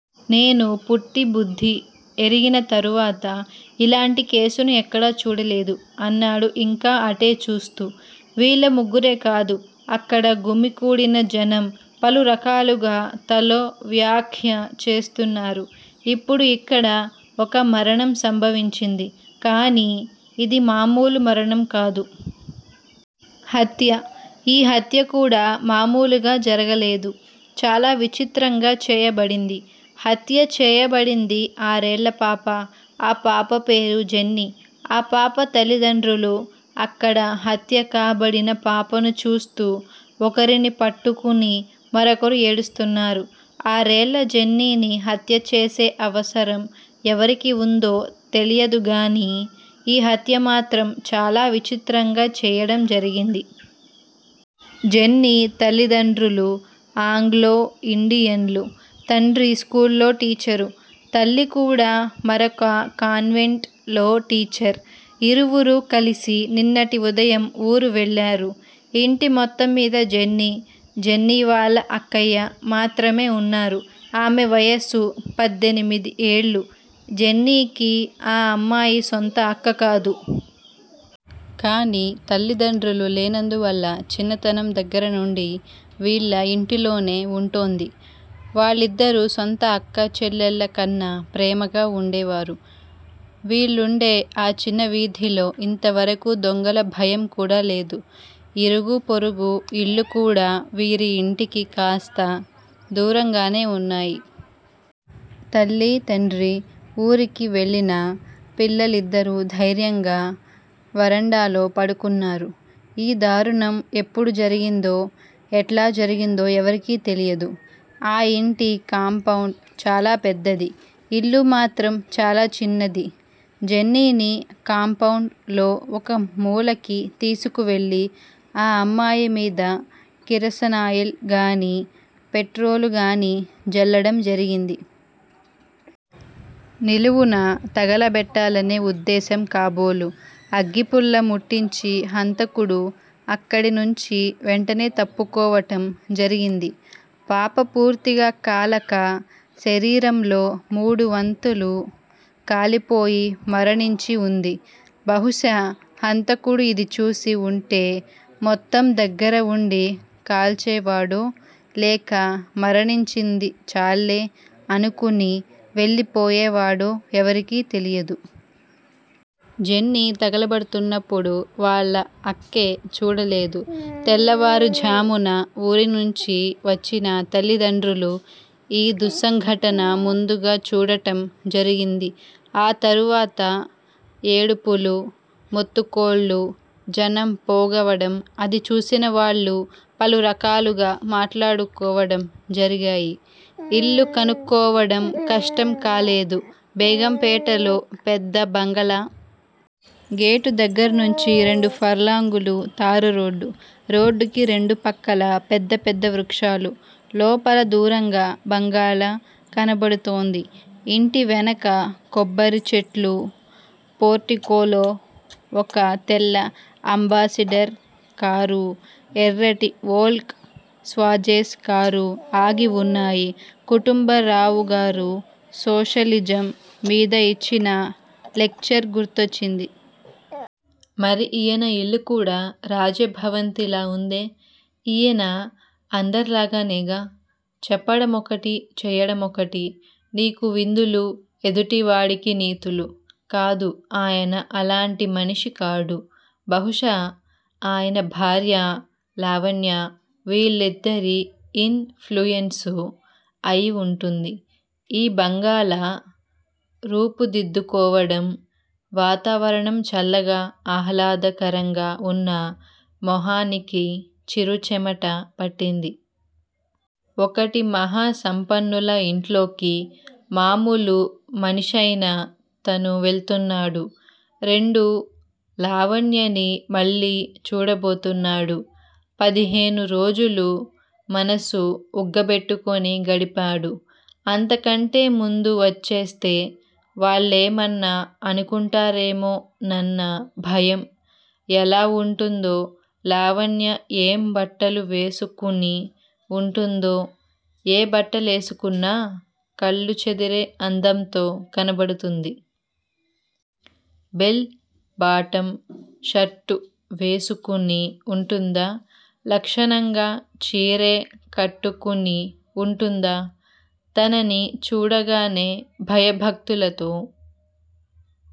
నేను పుట్టి బుద్ధి ఎరిగిన తరువాత, ఇలాంటి కేసుని ఎక్కడా చూడలేదు అన్నాడు ఇంకా అటే చూస్తూ. వీళ్ళ ముగ్గురే కాదు. అక్కడ గుమికూడిన జనం, పలు రకాలుగా తలో వ్యాఖ్య చేస్తున్నారు. ఇప్పుడు ఇక్కడ, ఒక మరణం సంభవించింది. కానీ, ఇది మామూలు మరణం కాదు. హత్య. ఈ హత్య కూడా మామూలుగా జరగలేదు. చాలా విచిత్రంగా చేయబడింది. హత్య చేయబడింది ఆరేళ్ళ పాప. ఆ పాప పేరు జెన్నీ ఆ పాప తల్లితండ్రులు, అక్కడ హత్యకాబడిన పాపను చూస్తూ, ఒకరిని పట్టుకుని మరొకరు ఏడుస్తున్నారు. ఆరేళ్ళ జెన్నీని, హత్యచేసే అవసరం ఎవరికి వుందో తెలియదు గానీ, ఈ హత్యమాత్రం చాలా విచిత్రంగా చెయ్యడం జరిగింది. జెన్నీ తల్లితండ్రులు ఆంగ్లో యిండియన్లు. తండ్రి స్కూల్లో టీచరు. తల్లి కూడా మరొక కాన్వెంట్ లో టీచర్. ఇరువురూ కలిసి నిన్నటి ఉదయం వూరు వెళ్ళారు. ఇంటి మొత్తంమీద జెన్నీ, జెన్నీ వాళ్ళ అక్కయ్య మాత్రమే ఉన్నారు. ఆమె వయస్సు పద్దెనిమిది ఏళ్లు. జెన్నీకి ఆ అమ్మాయి సొంత అక్క కాదు. కానీ తల్లిదండ్రులు లేనందువల్ల చిన్నతనం దగ్గర నుండీ వీళ్ళ ఇంటిలోనే వుంటోంది. వాళ్లిద్దరూ సొంత అక్కాచెల్లెళ్ళ కన్నా ప్రేమగా వుండేవారు. వీళ్ళుండే ఆ చిన్న వీధిలో ఇంతవరకూ దొంగల భయం కూడా లేదు. ఇరుగూ పొరుగూ ఇళ్లు కూడా వీరి ఇంటికి కాస్త దూరంగానే వున్నాయి. తల్లీ తండ్రీ వూరికి వెళ్లినా పిల్లలిద్దరూ ధైర్యంగా వరండాలో పడుకున్నారు. ఈ దారుణం ఎప్పుడు జరిగిందో, ఎట్లా జరిగిందో ఎవరికీ తెలియదు. ఆ యింటి కాంపౌండ్ చాలా పెద్దది. ఇల్లు మాత్రం చాలా చిన్నది. జెన్నీని కాంపౌండ్ లో ఒక మూలకి తీసుకువెళ్ళి ఆ అమ్మాయి మీద కిరసనాయిల్ గానీ, పెట్రోలుగానీ, జల్లడం జరిగింది. నిలువునా తగలబెట్టాలనే ఉద్దేశం కాబోలు అగ్గిపుల్ల ముట్టించి హంతకుడు అక్కడి నుంచీ వెంటనే తప్పుకోవటం జరిగింది. పాప పూర్తిగా కాలక, శరీరంలో మూడువంతులు కాలిపోయి మరణించి వుంది. బహుశా హంతకుడు ఇదిచూసి వుంటే మొత్తం దగ్గర వుండి కాల్చేవాడో, లేక మరణించింది చాల్లే అనుకుని వెళ్ళిపోయేవాడో ఎవరికీ తెలియదు. జెన్నీ తగలబడుతున్నపుడు వాళ్ల అక్కే చూడలేదు. తెల్లవారు ఝామున వూరినుంచీ వచ్చిన తల్లిదండ్రులు ఈ దుస్సంఘటన ముందుగా చూడటం జరిగింది. ఆ తరువాత ఏడుపులూ మొత్తుకోళ్లూ, జనం పోగవడం అది చూసినవాళ్ళు పలురకాలుగా మాట్లాడుకోవడం జరిగాయి. ఇల్లు కనుక్కోవడం కష్టం కాలేదు. బేగంపేటలో పెద్ద బంగాళా. గేటు దగ్గర్నుంచి రెండు ఫర్లాంగులు తారు రోడ్డు. రోడ్డుకి రెండు పక్కలా పెద్ద పెద్ద వృక్షాలు. లోపల దూరంగా బంగాళా కనబడుతోంది. ఇంటి వెనక కొబ్బరి చెట్లు. పోర్టికోలో ఒక తెల్ల అంబాసిడర్ కారూ, ఎర్రటి వోల్క్ స్వాజేస్ కారూ ఆగి వున్నాయి. కుటుంబరావుగారు సోషలిజం మీద ఇచ్చిన లెక్చర్ గుర్తొచ్చింది. మరి ఈయన ఇల్లు కూడా రాజభవంతిలా ఉందే! ఈయనా అందర్లాగానేగా? చెప్పడమొకటి, చెయ్యడమొకటి, నీకు విందులు, ఎదుటి వాడికి నీతులు. కాదు! అయన అలాంటి మనిషి కాడు, బహుశా ఆయన భార్యా, లావణ్యా వీళ్ళిద్దరి ఇన్ ఫ్లూయేన్సు అయి వుంటుంది ఈ బంగాళా రూపుదిద్దుకోవడం. వాతావరణం చల్లగా, ఆహ్లాదకరంగా ఉన్నా మొహానికి చిరుచెమట పట్టింది. ఒకటి మహా సంపన్నుల ఇంట్లోకి మాములు మనిషైన తను వెళ్తున్నాడు. రెండు లావణ్యని మళ్ళీ చూడబోతున్నాడు. పదిహేను రోజులు మనసు ఉగ్గబెట్టుకొని గడిపాడు, అంతకంటే ముందు వచ్చేస్తే వాళ్ళేమన్నా అనుకుంటారేమో నన్న భయం. ఎలా వుంటుందో లావణ్య ఏం బట్టలు వేసుకుని ఉంటుందో! ఏ బట్టలేసుకున్నా కళ్ళు చెదిరే అందంతో కనబడుతుంది. బెల్ బాటమ్ షర్టు వేసుకుని ఉంటుందా? లక్షణంగా చీరే కట్టుకుని వుంటుందా? తనని చూడగానే భయభక్తులతో